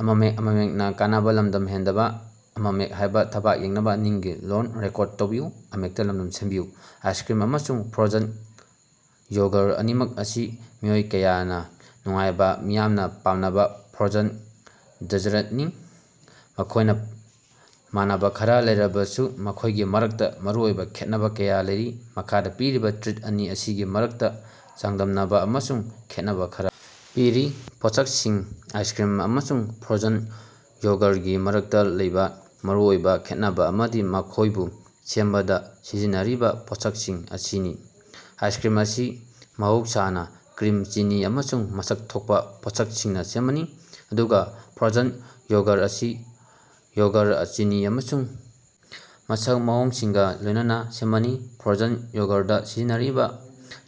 Ice cream ꯑꯃꯁꯨꯡ frozen yogurt ꯑꯅꯤꯃꯛ ꯑꯁꯤ ꯃꯤꯑꯣꯏ ꯀꯌꯥꯅꯥ ꯅꯨꯡꯉꯥꯏꯕꯥ ꯃꯤꯌꯥꯝꯅꯥ ꯄꯥꯝꯅꯕꯥ ꯐ꯭ꯔꯣꯖꯟ ꯗꯦꯖ꯭ꯔꯠꯅꯤ꯫ ꯃꯈꯣꯏꯅꯥ ꯃꯥꯟꯅꯕꯥ ꯈꯔꯥ ꯂꯩꯔꯕꯁꯨ ꯃꯈꯣꯏꯒꯤ ꯃꯔꯛꯇꯥ ꯃꯔꯨꯑꯣꯏꯕꯥ ꯈꯦꯠꯅꯕꯥ ꯀꯌꯥ ꯂꯩꯔꯤ꯫ ꯃꯈꯥꯗꯥ ꯄꯤꯔꯤꯕꯥ ꯇ꯭ꯔꯤꯠ ꯑꯅꯤ ꯑꯁꯤꯒꯤ ꯃꯔꯛꯇꯥ ꯆꯥꯡꯗꯝꯅꯕꯥ ꯑꯃꯁꯨꯡ ꯈꯦꯠꯅꯕꯥ ꯈꯔꯥ ꯄꯤꯔꯤ: ꯄꯣꯠꯁꯛꯁꯤꯡ: ꯑꯥꯏꯁꯀ꯭ꯔꯤꯝ ꯑꯃꯁꯨꯡ ꯐ꯭ꯔꯣꯖꯟ ꯌꯣꯒꯔꯒꯤ ꯃꯔꯛꯇꯥ ꯂꯩꯕꯥ ꯃꯔꯨꯑꯣꯏꯕꯥ ꯈꯦꯠꯅꯕꯥ ꯑꯃꯗꯤ ꯃꯈꯣꯏꯕꯨ ꯁꯦꯝꯕꯗꯥ ꯁꯤꯖꯤꯟꯅꯔꯤꯕꯥ ꯄꯣꯠꯁꯛꯁꯤꯡ ꯑꯁꯤꯅꯤ꯫ ꯑꯥꯏꯁꯀ꯭ꯔꯤꯝ ꯑꯁꯤ ꯃꯍꯧꯁꯥꯅꯥ ꯀ꯭ꯔꯤꯝ, ꯆꯤꯅꯤ ꯑꯃꯁꯨꯡ ꯃꯁꯛ ꯊꯣꯛꯄꯥ ꯄꯣꯠꯁꯛꯁꯤꯡꯅꯥ ꯁꯦꯝꯕꯅꯤ, ꯑꯗꯨꯒꯥ ꯐ꯭ꯔꯣꯖꯟ ꯌꯣꯒꯔ ꯑꯁꯤ ꯌꯣꯒꯔ, ꯆꯤꯅꯤ ꯑꯃꯁꯨꯡ ꯃꯁꯛ ꯃꯑꯣꯡꯁꯤꯡꯒꯥ ꯂꯣꯏꯅꯅꯥ ꯁꯦꯝꯕꯅꯤ꯫ ꯐ꯭ꯔꯣꯖꯟ ꯌꯣꯒꯔꯗꯥ ꯁꯤꯖꯤꯟꯅꯔꯤꯕꯥ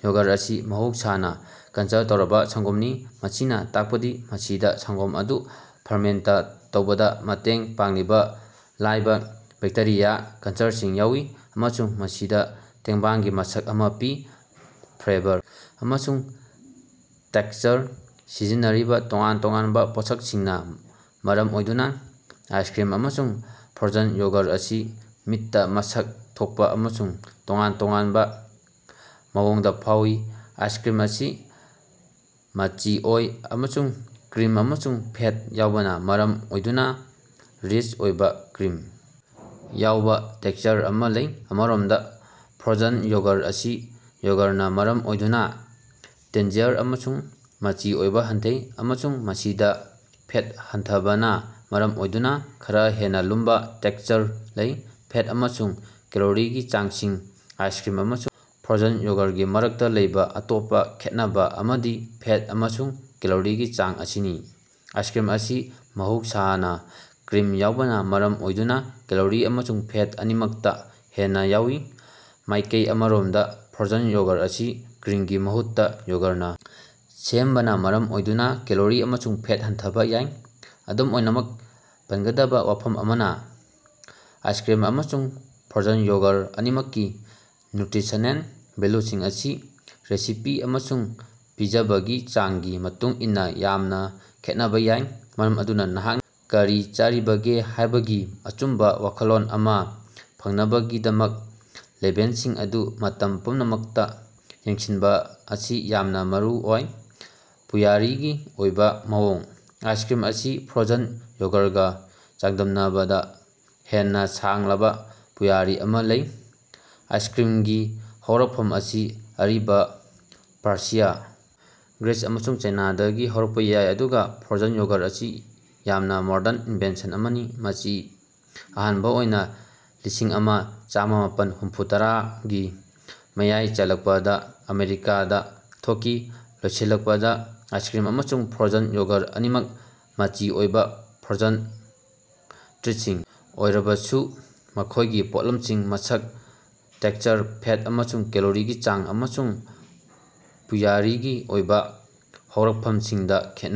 ꯌꯣꯒꯔ ꯑꯁꯤ ꯃꯍꯧꯁꯥꯅꯥ ꯀꯜꯆꯔ ꯇꯧꯔꯕꯥ ꯁꯪꯒꯣꯝꯅꯤ, ꯃꯁꯤꯅꯥ ꯇꯥꯛꯄꯗꯤ ꯃꯁꯤꯗꯥ ꯁꯪꯒꯣꯝ ꯑꯗꯨ ꯐꯔꯃꯦꯟꯇ ꯇꯧꯕꯗꯥ ꯃꯇꯦꯡ ꯄꯥꯡꯂꯤꯕꯥ ꯂꯥꯏꯕ ꯕꯦꯛꯇꯦꯔꯤꯌꯥ ꯀꯜꯆꯔꯁꯤꯡ ꯌꯥꯎꯏ ꯑꯃꯁꯨꯡ ꯃꯁꯤꯗꯥ ꯇꯦꯡꯕꯥꯡꯒꯤ ꯃꯁꯛ ꯑꯃꯥ ꯄꯤ꯫ ꯐ꯭ꯂꯦꯕꯔ ꯑꯃꯁꯨꯡ ꯇꯦꯛꯁꯆꯔ: ꯁꯤꯖꯤꯟꯅꯔꯤꯕꯥ ꯇꯣꯉꯥꯟ-ꯇꯣꯉꯥꯟꯕꯥ ꯄꯣꯠꯁꯛꯁꯤꯡꯅꯥ ꯃꯔꯝ ꯑꯣꯏꯗꯨꯅꯥ ꯑꯥꯏꯁꯀ꯭ꯔꯤꯝ ꯑꯃꯁꯨꯡ ꯐ꯭ꯔꯣꯖꯟ ꯌꯣꯒꯔ ꯑꯁꯤ ꯃꯤꯠꯇꯥ ꯃꯁꯛ ꯊꯣꯛꯄꯥ ꯑꯃꯁꯨꯡ ꯇꯣꯉꯥꯟ-ꯇꯣꯉꯥꯟꯕꯥ ꯃꯑꯣꯡꯗꯥ ꯐꯥꯎꯏ꯫ ꯑꯥꯏꯁꯀ꯭ꯔꯤꯝ ꯑꯁꯤ ꯃꯆꯤ ꯑꯣꯏ ꯑꯃꯁꯨꯡ ꯀ꯭ꯔꯤꯝ ꯑꯃꯁꯨꯡ ꯐꯦꯠ ꯌꯥꯎꯕꯅꯥ ꯃꯔꯝ ꯑꯣꯏꯗꯨꯅꯥ ꯔꯤꯆ ꯑꯣꯏꯕꯥ, ꯀ꯭ꯔꯤꯝ ꯌꯥꯎꯕꯥ ꯇꯦꯛꯁꯆꯔ ꯑꯃꯥ ꯂꯩ꯫ ꯑꯃꯔꯣꯝꯗꯥ, ꯐ꯭ꯔꯣꯖꯟ ꯌꯣꯒꯔ ꯑꯁꯤ ꯌꯣꯒꯔꯅꯥ ꯃꯔꯝ ꯑꯣꯏꯗꯨꯅꯥ ꯇꯦꯟꯖꯤꯌꯔ ꯑꯃꯁꯨꯡ ꯃꯆꯤ ꯑꯣꯏꯕꯥ ꯍꯟꯊꯩ, ꯑꯃꯁꯨꯡ ꯃꯁꯤꯗꯥ ꯐꯦꯠ ꯍꯟꯊꯕꯅꯥ ꯃꯔꯝ ꯑꯣꯏꯗꯨꯅꯥ ꯈꯔꯥ ꯍꯦꯟꯅꯥ ꯂꯨꯝꯕꯥ ꯇꯦꯛꯁꯆꯔ ꯂꯩ꯫ ꯐꯦꯠ ꯑꯃꯁꯨꯡ ꯀꯦꯂꯣꯔꯤꯒꯤ ꯆꯥꯡꯁꯤꯡ ꯑꯥꯏꯁꯀ꯭ꯔꯤꯝ ꯑꯃꯁꯨꯡ ꯐ꯭ꯔꯣꯖꯟ ꯌꯣꯒꯔꯒꯤ ꯃꯔꯛꯇꯥ ꯂꯩꯕꯥ ꯑꯇꯣꯞꯄꯥ ꯈꯦꯠꯅꯕꯥ ꯑꯃꯗꯤ ꯐꯦꯠ ꯑꯃꯁꯨꯡ ꯀꯦꯂꯣꯔꯤꯒꯤ ꯆꯥꯡ ꯑꯁꯤꯅꯤ꯫ ꯑꯥꯏꯁꯀ꯭ꯔꯤꯝ ꯑꯁꯤ ꯃꯍꯧꯁꯥꯅꯥ ꯀ꯭ꯔꯤꯝ ꯌꯥꯎꯕꯅꯥ ꯃꯔꯝ ꯑꯣꯏꯗꯨꯅꯥ ꯀꯦꯂꯣꯔꯤ ꯑꯃꯁꯨꯡ ꯐꯦꯠ ꯑꯅꯤꯃꯛꯇꯥ ꯍꯦꯟꯅꯥ ꯌꯥꯎꯏ꯫ ꯃꯥꯏꯀꯩ ꯑꯃꯔꯣꯝꯗꯥ ꯐ꯭ꯔꯣꯖꯟ ꯌꯣꯒꯔ ꯑꯁꯤ ꯀ꯭ꯔꯤꯝꯒꯤ ꯃꯍꯨꯠꯇꯥ ꯌꯣꯒꯔꯅꯥ ꯁꯦꯝꯕꯅꯥ ꯃꯔꯝ ꯑꯣꯏꯗꯨꯅꯥ ꯀꯦꯂꯣꯔꯤ ꯑꯃꯁꯨꯡ ꯐꯦꯠ ꯍꯟꯊꯕꯥ ꯌꯥꯏ꯫ ꯑꯗꯨꯝ ꯑꯣꯏꯅꯃꯛ, ꯄꯟꯒꯗꯕꯥ ꯋꯥꯐꯝ ꯑꯃꯅꯥ ꯑꯥꯏꯁꯀ꯭ꯔꯤꯝ ꯑꯃꯁꯨꯡ ꯐ꯭ꯔꯣꯖꯟ ꯌꯣꯒꯔ ꯑꯅꯤꯃꯛꯀꯤ ꯅ꯭ꯌꯨꯇ꯭ꯔꯤꯁꯅꯦꯜ ꯚꯦꯜꯂꯨꯁꯤꯡ ꯑꯁꯤ ꯔꯦꯁꯤꯄꯤ ꯑꯃꯁꯨꯡ ꯄꯤꯖꯕꯒꯤ ꯆꯥꯡꯒꯤ ꯃꯇꯨꯡ ꯏꯟꯅꯥ ꯌꯥꯝꯅꯥ ꯈꯦꯠꯅꯕꯥ ꯌꯥꯏ, ꯃꯔꯝ ꯑꯗꯨꯅꯥ ꯅꯍꯥꯛꯅꯥ ꯀꯔꯤ ꯆꯥꯔꯤꯕꯒꯦ ꯍꯥꯏꯕꯒꯤ ꯑꯆꯨꯝꯕꯥ ꯋꯥꯈꯜꯂꯣꯟ ꯑꯃꯥ ꯐꯪꯅꯕꯒꯤꯗꯃꯛ ꯂꯦꯕꯦꯜꯁꯤꯡ ꯑꯗꯨ ꯃꯇꯝ ꯄꯨꯝꯅꯃꯛꯇꯥ ꯌꯦꯡꯁꯤꯟꯕꯥ ꯑꯁꯤ ꯌꯥꯝꯅꯥ ꯃꯔꯨꯑꯣꯏ꯫ ꯄꯨꯋꯥꯔꯤꯒꯤ ꯑꯣꯏꯕꯥ ꯃꯑꯣꯡ: ꯑꯥꯏꯁꯀ꯭ꯔꯤꯝ ꯑꯁꯤ ꯐ꯭ꯔꯣꯖꯟ ꯌꯣꯒꯔꯒꯥ ꯆꯥꯡꯗꯝꯅꯕꯗꯥ ꯍꯦꯟꯅꯥ ꯁꯥꯡꯂꯕꯥ ꯄꯨꯋꯥꯔꯤ ꯑꯃꯥ ꯂꯩ꯫ ꯑꯥꯏꯁꯀ꯭ꯔꯤꯝꯒꯤ ꯍꯧꯔꯛꯐꯝ ꯑꯁꯤ ꯑꯔꯤꯕꯥ ꯄꯥꯔꯁꯤꯌꯥ, ꯒ꯭ꯔꯤꯁ ꯑꯃꯁꯨꯡ ꯆꯥꯏꯅꯥꯗꯒꯤ ꯍꯧꯔꯛꯄꯥ ꯌꯥꯏ, ꯑꯗꯨꯒꯥ ꯐ꯭ꯔꯣꯖꯟ ꯌꯣꯒꯔ ꯑꯁꯤ ꯌꯥꯝꯅꯥ ꯃꯣꯔꯗꯟ ꯏꯟꯚꯦꯟꯁꯟ ꯑꯃꯅꯤ, ꯃꯁꯤ ꯑꯍꯥꯟꯕꯥ ꯑꯣꯏꯅꯥ ꯂꯤꯁꯤꯡꯑꯃꯥ ꯆꯥꯝꯃꯥꯄꯟ ꯍꯨꯝꯐꯨꯇꯔꯥꯒꯤ ꯃꯌꯥꯏ ꯆꯜꯂꯛꯄꯗꯥ ꯑꯃꯦꯔꯤꯀꯥꯗꯥ ꯊꯣꯛꯈꯤ꯫ ꯂꯣꯏꯁꯤꯜꯂꯛꯄꯗꯥ, ꯑꯥꯏꯁꯀ꯭ꯔꯤꯝ ꯑꯃꯁꯨꯡ ꯐ꯭ꯔꯣꯖꯟ ꯌꯣꯒꯔ ꯑꯅꯤꯃꯛ ꯃꯆꯤ ꯑꯣꯏꯕꯥ ꯐ꯭ꯔꯣꯖꯟ ꯇ꯭ꯔꯤꯠꯁꯤꯡ ꯑꯣꯏꯔꯕꯁꯨ, ꯃꯈꯣꯏꯒꯤ ꯄꯣꯠꯂꯝꯁꯤꯡ, ꯃꯁꯛ, ꯇꯦꯛꯁꯆꯔ, ꯐꯦꯠ ꯑꯃꯁꯨꯡ ꯀꯦꯂꯣꯔꯤꯒꯤ ꯆꯥꯡ, ꯑꯃꯁꯨꯡ ꯄꯨꯋꯥꯔꯤꯒꯤ ꯑꯣꯏꯕꯥ ꯍꯧꯔꯛꯐꯝꯁꯤꯡꯗꯥ ꯈꯦꯠꯅꯩ꯫